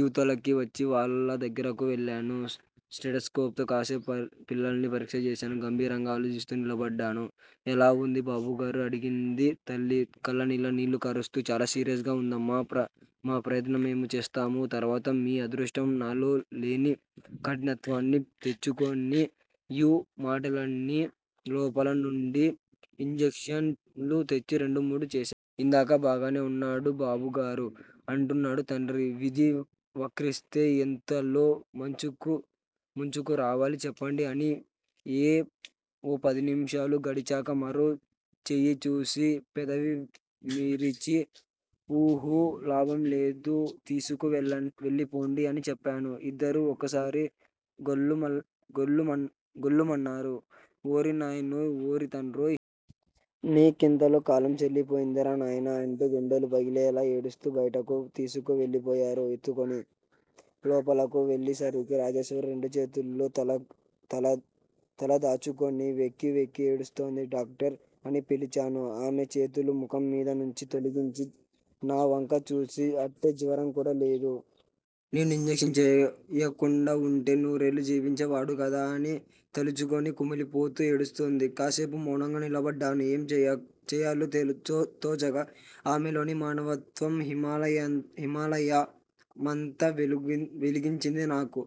ఇవతలకి వచ్చి వాళ్ళ దగ్గరకు వెళ్ళాను. స్టెతస్కోప్ తో కాసేపు పిల్లాణ్ణి పరీక్ష చేశాను. గంభీరంగా ఆలోచిస్తూ నిలబడ్డాను. ఎలా వుంది బాబుగారూ! అడిగింది తల్లి, కళ్ళనీళ్ళు కారుస్తూ. చాలా సీరియస్ గా ఉందమ్మా! మా ప్రయత్నం మేము చేస్తాము. తర్వాత మీ అదృష్టం నాలో లేని కఠినత్వాన్ని తెచ్చుకొని యీ మాటలని లోపల నుండి యింజక్షన్లు తెచ్చి రెండుమూడు చేశాను. ఇందాకా బాగానే ఉన్నాడు బాబుగారూ! అంటున్నాడు తండ్రి. విధి వక్రిస్తే ఎంతలో ముంచుకురావాలి చెప్పండి అని ఓ పదినిమిషాలు గడిచాక మరో చెయ్యిచూసి పెదవి విరిచి ఉహు, లాభం లేదు తీసుకు వెళ్ళిపోండి అని చెప్పాను. ఇద్దరూ ఒక్కసారి గొల్లుమన్నారు. ఓరి నాయనోయ్! ఓరి తండ్రోయ్! నీ కెంతలో కాలం చెల్లిపోయిందిరా నాన్నా! అంటూ గుండెలు పగిలేలా ఏడుస్తూ బయటకు తీసుకు వెళ్ళిపోయారు, ఎత్తుకుని. లోపలకు వెళ్ళేసరికి రాజేశ్వరి రెండు చేతుల్లో తలదాచుకుని వెక్కివెక్కి ఏడుస్తోంది. డాక్టర్! అని పిలిచాను ఆమె చేతులు ముఖంమీద నుంచి తొలగించి నావంక చూసి అట్టే జ్వరం కూడా లేదు. నేను యింజక్షన్ చేయకుండావుంటే నూరేళ్ళు జీవించే వాడు కదా అని తలుచుకుని కుమిలిపోతూ ఏడుస్తోంది. కాసేపు మౌనంగా నిలబడ్డాను, ఏం చేయాలో తోచక. ఆమెలోని మానవత్వం హిమాలయమంత వెలిగించింది నాకు.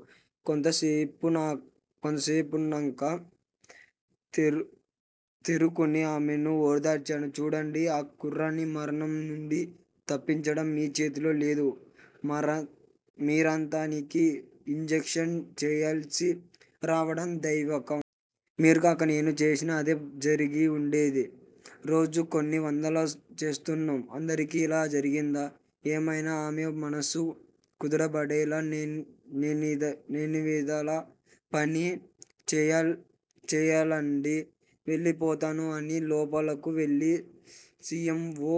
కొంతసేపున్నాక తేరుకుని ఆమెను ఓదార్చాను. చూడండి. ఆ కుర్రాణ్ని మరణం నుండి తప్పించటం మీ చేతిలో లేదు మీరతనికి యిన్ జక్షన్ చెయ్యాల్సిరావటం దైవికం. మీరుకాక నేను చేసినా అదే జరిగి వుండేది. రోజుకు కొన్నివందలు చేస్తున్నాం. అందరికీ అలా జరిగిందా? ఏమయినా ఆమె మనస్సు కుదుటబడలేదు. నే నివేళ పని చేయలేనండీ వెళ్ళిపోతాను అని లోపలకువెళ్ళి సి. ఎమ్. ఓ.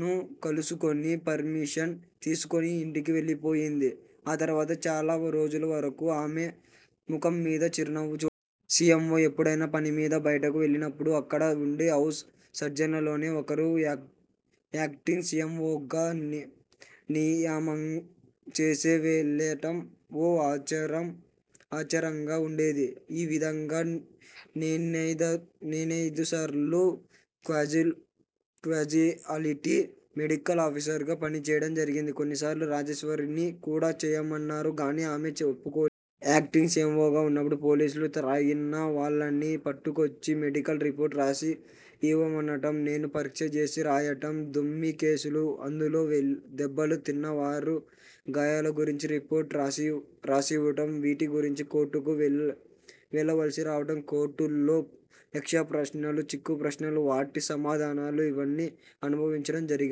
ను కలుసుకుని, పర్మిషన్ తీసుకుని యింటికి వెళ్ళిపోయింది. ఆ తర్వాత చాలా రోజులవరకూ ఆమె ముఖంమీద చిరునవ్వు చూడలేదు. సి. ఎమ్. ఓ ఎప్పుడైనా పనిమీద బయటకు వెళ్ళినప్పుడు, అక్కడ వుండే హౌస్ సర్జన్లలోనే ఒకర్ని యాక్టింగ్ సి. ఎమ్. ఓ. క నియామకం చేసి వెళ్ళటం ఓ ఆచారంగా ఉండేది. ఇ విధంగా నేనయిదారుసార్లు క్యాజుయాలిటీ మెడికల్ ఆఫీసర్ గా పనిచేయటం జరిగింది. కొన్నిసార్లు రాజేశ్వరిని కూడా చెయ్యమన్నారు గాని, ఆమె ఒప్పుకోలేదు. Acting C. ఎమ్. ఓ. గా ఉన్నప్పుడు పోలీసులు త్రాగిన వాళ్ళను పట్టుకొచ్చి మెడికల్ రిపోర్ట్ రాసి యిమ్మనటం, నేను పరీక్ష చేసి రాయటం, దొమ్మీ కేసులు అందులో దెబ్బలు తిన్నవారి గాయాలగురించి రిపోర్టు రాసివ్వటం వీటిగురించి కోర్టుకు వెళ్ళవలసి రావటం, కోర్టులో యక్షప్రశ్నలు, చిక్కుప్రశ్నలు, వాటికి సమాధానాలూ _ ఇవన్నీ అనుభవించటం జరిగాయి.